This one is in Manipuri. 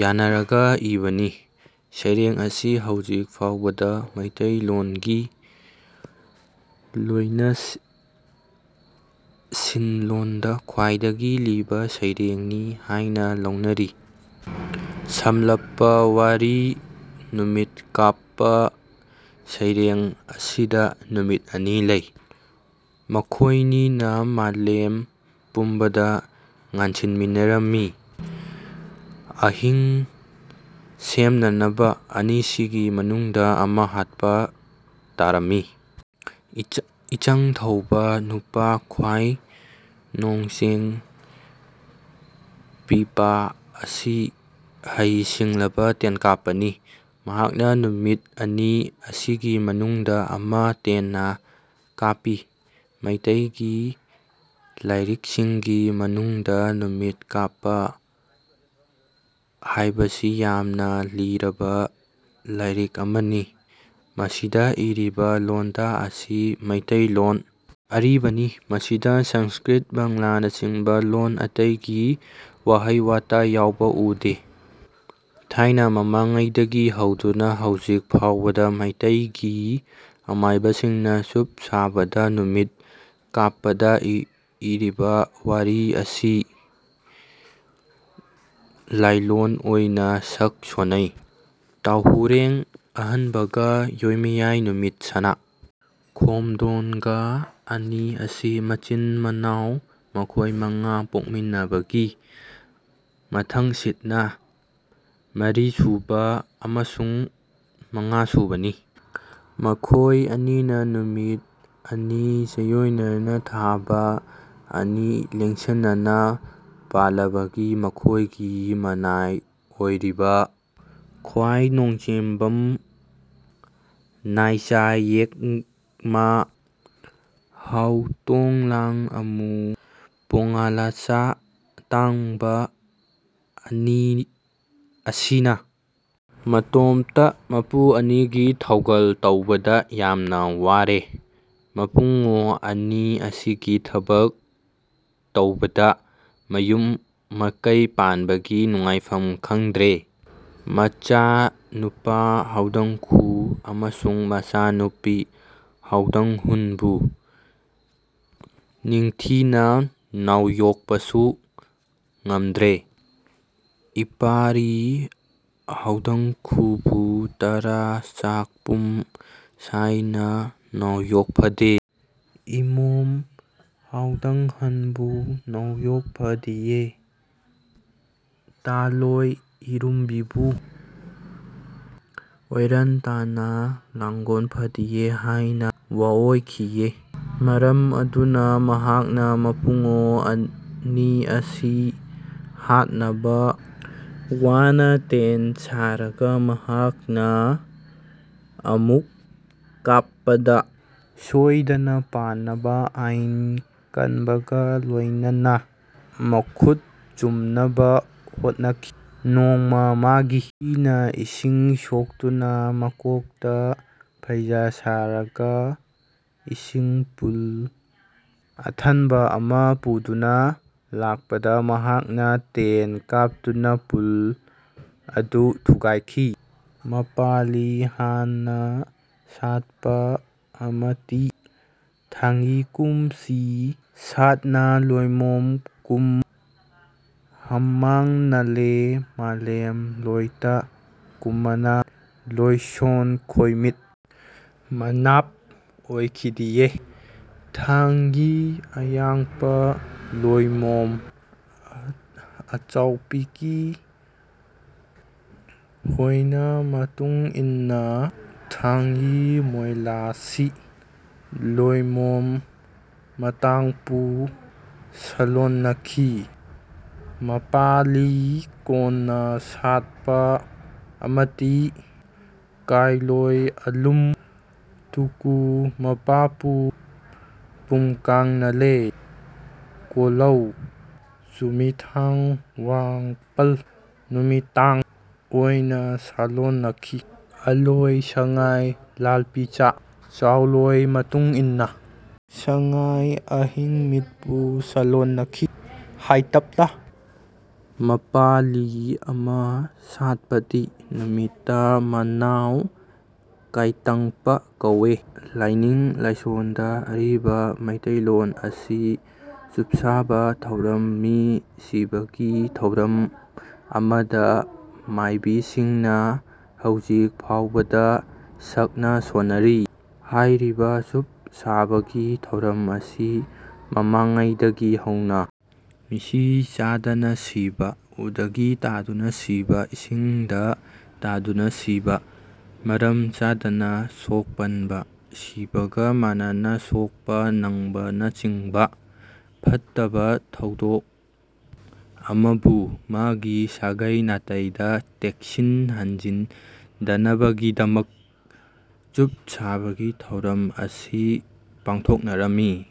ꯌꯥꯟꯅꯔꯒ ꯏꯕꯅꯤ꯫ ꯁꯩꯔꯦꯡ ꯑꯁꯤ ꯍꯧꯖꯤꯛ ꯐꯥꯎꯕꯗ ꯃꯤꯇꯩꯂꯣꯟꯒꯤ ꯂꯣꯢꯅꯁꯤꯟꯂꯣꯟꯗ ꯈ꯭ꯋꯥꯢꯗꯒꯤ ꯂꯤꯕ ꯁꯩꯔꯦꯡꯅꯤ ꯍꯥꯏꯅ ꯂꯧꯅꯔꯤ꯫ ꯁꯝꯂꯞꯄ ꯋꯥꯔꯤ ꯅꯨꯃꯤꯠ ꯀꯥꯞꯄ ꯁꯩꯔꯦꯡ ꯑꯁꯤꯗ ꯅꯨꯃꯤꯠ ꯑꯅꯤ ꯂꯩ꯫ ꯃꯈꯣꯢꯅꯤꯅ ꯃꯥꯂꯦꯝ ꯄꯨꯝꯕꯗ ꯉꯥꯟꯃꯤꯟꯅꯔꯝꯏ꯫ ꯑꯍꯤꯡ ꯁꯦꯝꯅꯅꯕ ꯑꯅꯤꯁꯤꯒꯤ ꯃꯅꯨꯡꯗ ꯑꯃ ꯍꯥꯠꯄ ꯇꯥꯔꯝꯢ꯫ ꯏꯆꯪ ꯊꯧꯕ ꯅꯨꯄꯥ ꯈ꯭ꯋꯥꯢ ꯅꯣꯡꯆꯦꯡ ꯄꯤꯄꯥ ꯑꯁꯤ ꯍꯩ ꯁꯤꯡꯂꯕ ꯇꯦꯟꯀꯥꯞꯄꯅꯤ꯫ ꯃꯍꯥꯛꯅ ꯅꯨꯃꯤꯠ ꯑꯅꯤ ꯑꯁꯤꯒꯤ ꯃꯅꯨꯡꯗ ꯑꯃ ꯇꯦꯟꯅ ꯀꯥꯞꯄꯤ꯫ ꯃꯩꯇꯩꯒꯤ ꯂꯥꯏꯔꯤꯛꯁꯤꯡꯒꯤ ꯃꯅꯨꯡꯗ ꯅꯨꯃꯤꯠ ꯀꯥꯞꯄ ꯍꯥꯏꯕꯁꯤ ꯌꯥꯝꯅ ꯂꯤꯔꯕ ꯂꯥꯏꯔꯤꯛ ꯑꯃꯅꯤ꯫ ꯃꯁꯤꯗ ꯏꯔꯤꯕ ꯂꯣꯟꯗꯥ ꯑꯁꯤ ꯃꯩꯇꯩꯂꯣꯟ ꯑꯔꯤꯕꯅꯤ꯫ ꯃꯁꯤꯗ ꯁꯟꯁ꯭ꯀ꯭ꯔꯤꯠ ꯕꯥꯡꯂꯥꯅꯆꯤꯡꯕ ꯂꯣꯟ ꯑꯇꯩꯒꯤ ꯋꯥꯍꯩ ꯋꯥꯇꯥ ꯌꯥꯎꯕ ꯎꯗꯦ꯫ ꯊꯥꯏꯅ ꯃꯃꯥꯡꯉꯩꯗꯒꯤ ꯍꯧꯗꯨꯅ ꯍꯧꯖꯤꯛ ꯐꯥꯎꯕꯗ ꯃꯩꯇꯩꯒꯤ ꯑꯃꯥꯏꯕꯁꯤꯡꯅ ꯆꯨꯞ ꯁꯥꯕꯗ ꯅꯨꯃꯤꯠ ꯀꯥꯞꯄꯗ ꯏꯔꯤꯕ ꯋꯥꯔꯤ ꯑꯁꯤ ꯂꯥꯏꯂꯣꯟ ꯑꯣꯏꯅ ꯁꯛ ꯁꯣꯟꯅꯩ꯫ ꯇꯥꯎꯍꯨꯏꯔꯦꯡ ꯑꯍꯟꯕꯒ ꯌꯣꯏꯃꯌꯥꯏ ꯅꯨꯃꯤꯠ ꯁꯅꯥ ꯈꯣꯝꯃꯗꯣꯟꯒ ꯑꯅꯤ ꯑꯁꯤ ꯃꯆꯤꯟ ꯃꯅꯥꯎ ꯃꯈꯣꯏ ꯃꯉꯥ ꯄꯣꯛꯃꯤꯟꯅꯕꯒꯤ ꯃꯊꯪꯁꯤꯠꯅ ꯃꯔꯤꯁꯨꯕ ꯑꯃꯁꯨꯡ ꯃꯉꯥꯁꯨꯕꯅꯤ꯫ ꯃꯈꯣꯏ ꯑꯅꯤꯅ ꯅꯨꯃꯤꯠ ꯑꯅꯤ ꯆꯩꯑꯣꯏꯅꯅ ꯊꯕꯥ ꯑꯅꯤ ꯂꯦꯡꯁꯟꯅꯅ ꯄꯥꯜꯂꯕꯒꯤ ꯃꯈꯣꯏꯒꯤ ꯃꯅꯥꯏ ꯑꯣꯏꯔꯤꯕ ꯈ꯭ꯋꯥꯏ ꯅꯣꯡꯆꯦꯟꯕꯝ ꯅꯥꯏꯆꯥ ꯌꯦꯛꯃꯥ ꯍꯥꯎꯇꯣꯡꯂꯥꯟ ꯅꯃꯨ ꯄꯣꯡꯉꯥꯂꯥꯆꯥ ꯑꯇꯟꯕ ꯑꯁꯤꯅ ꯃꯇꯣꯝꯇ ꯃꯄꯨ ꯑꯅꯤꯒꯤ ꯊꯧꯒꯜ ꯇꯧꯕꯗ ꯌꯥꯝꯅ ꯋꯥꯔꯦ ꯃꯄꯨꯡꯉꯣ ꯑꯅꯤ ꯑꯁꯤꯒꯤ ꯊꯕꯛ ꯇꯧꯕꯗ ꯃꯌꯨꯝ ꯃꯀꯩ ꯄꯥꯟꯕꯒꯤ ꯅꯨꯡꯉꯥꯏꯐꯝ ꯈꯪꯗ꯭ꯔꯦ꯫ ꯃꯆꯥ ꯅꯨꯄꯥ ꯍꯥꯎꯗꯪꯈꯨ ꯑꯃꯁꯨꯡ ꯃꯆꯥ ꯅꯨꯄꯤ ꯍꯥꯎꯗꯪꯍꯟꯕꯨ ꯅꯤꯡꯊꯤꯅ ꯅꯥꯎꯌꯣꯛꯄꯁꯨ ꯉꯝꯗ꯭ꯔꯦ꯫ ꯏꯄꯥꯔꯤ ꯍꯥꯎꯗꯪꯈꯨꯕꯨ ꯇꯔꯥ ꯆꯥꯛꯄꯨꯝ ꯁꯥꯏꯅ ꯅꯥꯎꯌꯣꯛꯐꯗꯦ ꯏꯃꯣꯝ ꯍꯥꯎꯗꯪꯍꯟꯕꯨ ꯅꯥꯎꯌꯣꯛꯐꯗꯦꯑꯦ ꯇꯥꯜꯂꯣꯏ ꯏꯔꯨꯝꯕꯤꯕꯨ ꯑꯣꯏꯔꯟ ꯊꯥꯅ ꯂꯥꯡꯒꯣꯟꯐꯗꯦꯑꯦ ꯍꯥꯏꯅ ꯋꯥꯑꯣꯏꯈꯤꯑꯦ꯫ ꯃꯔꯝ ꯑꯗꯨꯅ ꯃꯍꯥꯛꯅ ꯃꯄꯨꯡꯉꯣ ꯑꯅꯤ ꯑꯁꯤ ꯍꯥꯠꯅꯅꯕ ꯋꯥꯅ ꯇꯦꯟ ꯁꯥꯔꯒ ꯃꯍꯥꯛꯅ ꯑꯃꯨꯛ ꯀꯥꯞꯄꯗ ꯁꯣꯏꯗꯅ ꯄꯥꯟꯅꯅꯕ ꯑꯏꯟ ꯀꯟꯕꯒ ꯂꯣꯏꯅꯅ ꯃꯈꯨꯠ ꯆꯨꯝꯅꯅꯕ ꯍꯣꯠꯅꯈꯤ꯫ ꯅꯣꯡꯃ ꯃꯥꯒꯤ ꯅꯨꯄꯤꯅ ꯏꯁꯤꯡ ꯁꯣꯛꯇꯨꯅ ꯃꯀꯣꯛꯇ ꯐꯩꯖꯥ ꯁꯥꯔꯒ ꯏꯁꯤꯡ ꯄꯨꯜ ꯑꯊꯟꯕ ꯑꯃ ꯄꯨꯗꯨꯅ ꯂꯥꯛꯄꯗ ꯃꯍꯥꯛꯅ ꯇꯦꯟ ꯀꯥꯞꯇꯨꯅ ꯄꯨꯜ ꯑꯗꯨ ꯊꯨꯒꯥꯏꯈꯤ꯫ ꯃꯄꯥꯂꯤ ꯍꯥꯟꯅ ꯁꯥꯠꯄ ꯑꯃꯇꯤ ꯊꯥꯡꯌꯤꯀꯨꯝ ꯆꯤ ꯁꯠꯅ ꯂꯣꯢꯃꯣꯝ ꯀꯨꯝ ꯍꯝꯃꯥꯡꯅꯂꯦ ꯃꯥꯂꯦꯝ ꯂꯣꯢꯇ ꯀꯨꯃꯥꯅ ꯂꯣꯢꯁꯣꯟ ꯈꯣꯢꯃꯤꯠ ꯃꯥꯅꯞ ꯑꯣꯢꯈꯤꯑꯦ꯫ ꯊꯥꯡꯌꯤ ꯑꯍꯥꯡꯄ ꯂꯣꯢꯃꯣꯝ ꯑꯆꯥꯎꯄꯤꯀꯤ ꯍꯣꯢꯅ ꯃꯇꯨꯡꯏꯟꯅ ꯊꯥꯡꯌꯤ ꯃꯣꯂꯥꯁꯤ ꯂꯣꯢꯃꯣꯝ ꯃꯇꯥꯡꯄꯨ ꯁꯂꯣꯟꯅꯈꯤ꯫ ꯃꯄꯥꯂꯤ ꯀꯣꯟꯅ ꯁꯥꯠꯄ ꯑꯃꯇꯤ ꯀꯥꯢꯂꯣꯢ ꯑꯂꯨꯝ ꯇꯨꯀꯨ ꯃꯄꯥꯄꯨ ꯄꯨꯝꯀꯥꯡꯅꯂꯦ ꯀꯣꯂꯧ ꯆꯨꯃꯤꯊꯥꯡ ꯋꯥꯡꯄꯜ ꯅꯨꯃꯤꯇꯥꯡ ꯑꯣꯢꯅ ꯁꯥꯂꯣꯟꯅꯈꯤ꯫ ꯑꯂꯣꯢ ꯁꯉꯥꯢ ꯂꯥꯜꯄꯤꯆꯥ ꯌꯥꯎꯂꯣꯢ ꯃꯇꯨꯡꯏꯟꯅ ꯁꯉꯥꯢ ꯑꯍꯤꯡꯃꯤꯠꯄꯨ ꯁꯥꯂꯣꯟꯅꯈꯤ꯫ ꯍꯥꯢꯇꯄꯂꯥ꯫ ꯃꯄꯥꯂꯤ ꯑꯃ ꯁꯥꯠꯄꯇꯤ ꯅꯨꯃꯤꯇ ꯃꯅꯥꯎ ꯀꯥꯢꯇꯪꯄ ꯀꯧꯑꯦ꯫ ꯂꯥꯢꯅꯤꯡ ꯂꯥꯢꯁꯣꯟꯗ ꯑꯔꯤꯕ ꯃꯤꯇꯩꯂꯣꯟ ꯑꯁꯤ ꯆꯨꯞꯁꯥꯕ ꯊꯧꯔꯝ ꯃꯤ ꯁꯤꯕꯒꯤ ꯊꯧꯔꯝ ꯑꯃꯗ ꯃꯥꯢꯕꯤꯁꯤꯡꯅ ꯍꯧꯖꯤꯛ ꯐꯥꯎꯕꯗ ꯁꯛꯅ ꯁꯣꯟꯅꯔꯤ꯫ꯍꯥꯏꯔꯤꯕ ꯆꯨꯞ ꯁꯥꯕꯒꯤ ꯊꯧꯔꯝ ꯑꯁꯤ ꯃꯃꯥꯡꯉꯩꯗꯒꯤ ꯍꯧꯅ ꯃꯤꯁꯤ ꯆꯥꯗꯅ ꯁꯤꯕ ꯎꯗꯒꯤ ꯇꯥꯗꯨꯅ ꯁꯤꯕ ꯏꯁꯤꯡꯗ ꯇꯥꯗꯨꯅ ꯁꯤꯕ ꯃꯔꯝ ꯆꯥꯗꯅ ꯁꯣꯛꯄꯟꯕ ꯁꯤꯕꯒ ꯃꯥꯟꯅꯅ ꯆꯣꯞꯄ ꯅꯪꯕꯅꯆꯤꯡꯕ ꯐꯠꯇꯕ ꯊꯧꯗꯣꯛ ꯑꯃꯕꯨ ꯃꯥꯒꯤ ꯁꯥꯒꯩ ꯅꯥꯇꯩꯗ ꯇꯦꯛꯁꯤꯟ ꯍꯟꯖꯤꯟꯗꯅꯕꯒꯤꯗꯃꯛ ꯆꯨꯞ ꯁꯥꯕꯒꯤ ꯊꯧꯔꯝ ꯑꯁꯤ ꯄꯥꯡꯊꯣꯛꯅꯔꯝꯃꯤ꯫